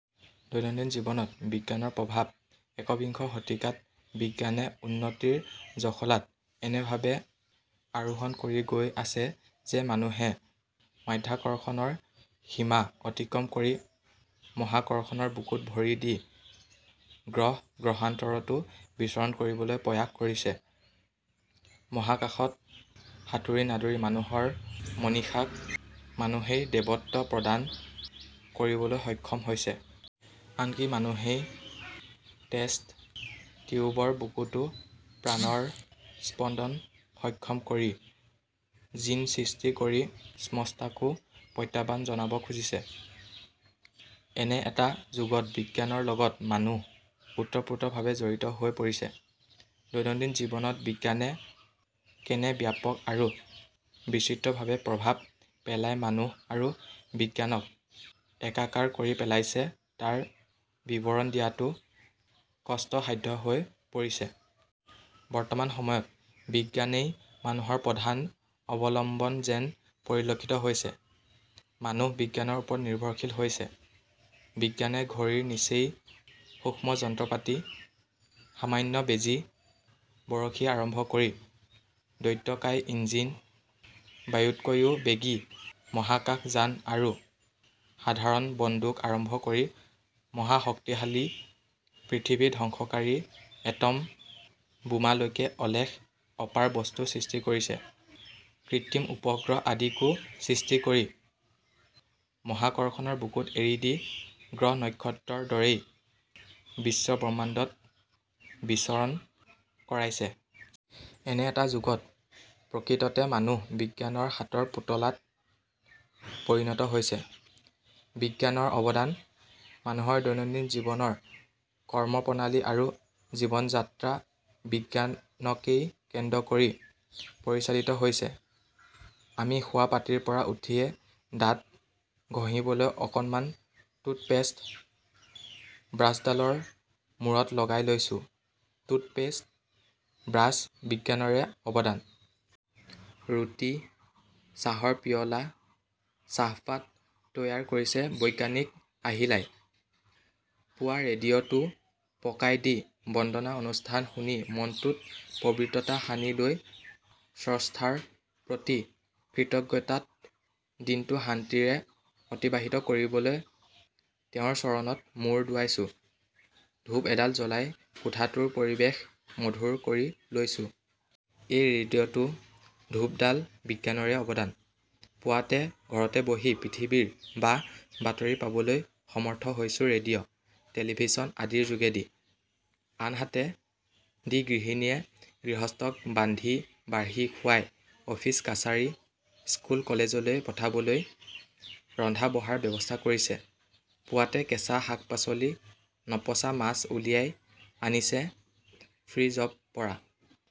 দৈনন্দিন জীৱনত বিজ্ঞানৰ প্ৰভাৱ একবিংশ শতিকাত বিজ্ঞানে উন্নতিৰ জখলাত এনেভাবে আৰোহণ কৰি গৈ আছে যে মানুহে মাধ্যাকৰ্ষণৰ সীমা অতিক্ৰম কৰি মহাকৰ্ষণৰ বুকুত ভৰি দি গ্ৰহ-গ্ৰহান্তৰতো বিচৰণ কৰিবলৈ প্ৰয়াস কৰিছে। মহাকাশত সাঁতুৰি-নাদুৰি মানুহৰ মনীষাক মানুহেই দেৱত্ব প্ৰদান কৰিবলৈ সক্ষম হৈছে। আনকি মানুহেই টেষ্ট টিউবৰ বুকুতো প্ৰাণৰ স্পন্দন সক্ষম কৰি, জিন সৃষ্টি কৰি স্ৰষ্টাকো প্ৰত্যাহ্বান জনাব খুজিছে। এনে এটা যুগত বিজ্ঞানৰ লগত মানুহ ওতপ্ৰোতভাৱে জড়িত হৈ পৰিছে। দৈনন্দিন জীৱনত বিজ্ঞানে কেনে ব্যাপক আৰু বিচিত্ৰভাবে প্ৰভাৱ পেলাই মানুহ আৰু বিজ্ঞানক একাকাৰ কৰি পেলাইছে তাৰ বিৱৰণ দিয়াটো কষ্ট-সাধ্য হৈ পৰিছে। বৰ্তমান সময়ত বিজ্ঞানেই মানুহৰ প্ৰধান অৱলম্বন যেন পৰিলক্ষিত হৈছে। মানুহ বিজ্ঞানৰ ওপৰত নিৰ্ভৰশীল হৈছে: বিজ্ঞানে ঘড়ীৰ নিচেই সূক্ষ্ম যন্ত্ৰপাতি, সামান্য বেজী, বৰশী আৰম্ভ কৰি দৈত্যকায় ইঞ্জিন, বায়ুতকৈও বেগী মহাকাশযান আৰু সাধাৰণ বন্দুক আৰম্ভ কৰি মহাশক্তিশালী, পৃথিৱী ধ্বংসকাৰী এটম বোমালৈকে অলেখ অপাৰ বস্তু সৃষ্টি কৰিছে, কৃত্ৰিম উপগ্ৰহ আদিকো সৃষ্টি কৰি মহাকৰ্ষণৰ বুকুত এৰি দি গ্ৰহ-নক্ষত্ৰৰ দৰেই বিশ্বব্ৰহ্মাণ্ডত বিচৰণ কৰাইছে। এনে এটা যুগত প্ৰকৃততে মানুহ বিজ্ঞানৰ হাতৰ পুতলাত পৰিণত হৈছে। বিজ্ঞানৰ অৱদান: মানুহৰ দৈনন্দিন জীৱনৰ কৰ্ম-প্ৰণালী আৰু জীৱন-যাত্ৰা বিজ্ঞানকেই কেন্দ্ৰ কৰি পৰিচালিত হৈছে। আমি শোৱা পাটীৰ পৰা উঠিয়েই দাঁত ঘঁহিবলৈ অকণমান টুথপেষ্ট ব্ৰাছডালৰ মূৰত লগাই লৈছো, টুথপেষ্ট, ব্ৰাছ বিজ্ঞানৰে অৱদান। ৰুটি, চাহৰ পিয়লা, চাহপাত তৈয়াৰ কৰিছে বৈজ্ঞানিক আহিলাই। পুৱা ৰেডিঅ'টো পকাই দি বন্দনা অনুষ্ঠান শুনি মনটোত পবিত্ৰতা সানি লৈ স্ৰষ্টাৰ প্ৰতি কৃতজ্ঞতাত দিনটো শান্তিৰে অতিবাহিত কৰিবলৈ তেওঁৰ চৰণত মুৰ দোৱাইছোঁ, ধূপ এডাল জ্বলাই কোঠাটোৰ পৰিৱেশ মধুৰ কৰি লৈছো। এই ৰেডিঅ টো, ধূপ ডাল বিজ্ঞানৰেই অৱদান। পুৱাতে ঘৰতে বহি পৃথিৱীৰ বা বাতৰি পাবলৈ সমৰ্থ হৈছো ৰেডিঅ', টেলিভিছন আদিৰ যোগেদি। আনহাতে দি গৃহিণীয়ে গৃহস্থক বান্ধি-বাঢ়ি খুবাই অফিচ-কাছাৰী, স্কুল-কলেজলৈ পঠাবলৈ ৰন্ধা বঢ়াৰ ব্যৱস্থা কৰিছে, পুৱাতে কেঁচা শাক-পাচলি, নপচা মাছ উলিয়াই আনিছে ফ্ৰিজব পৰা।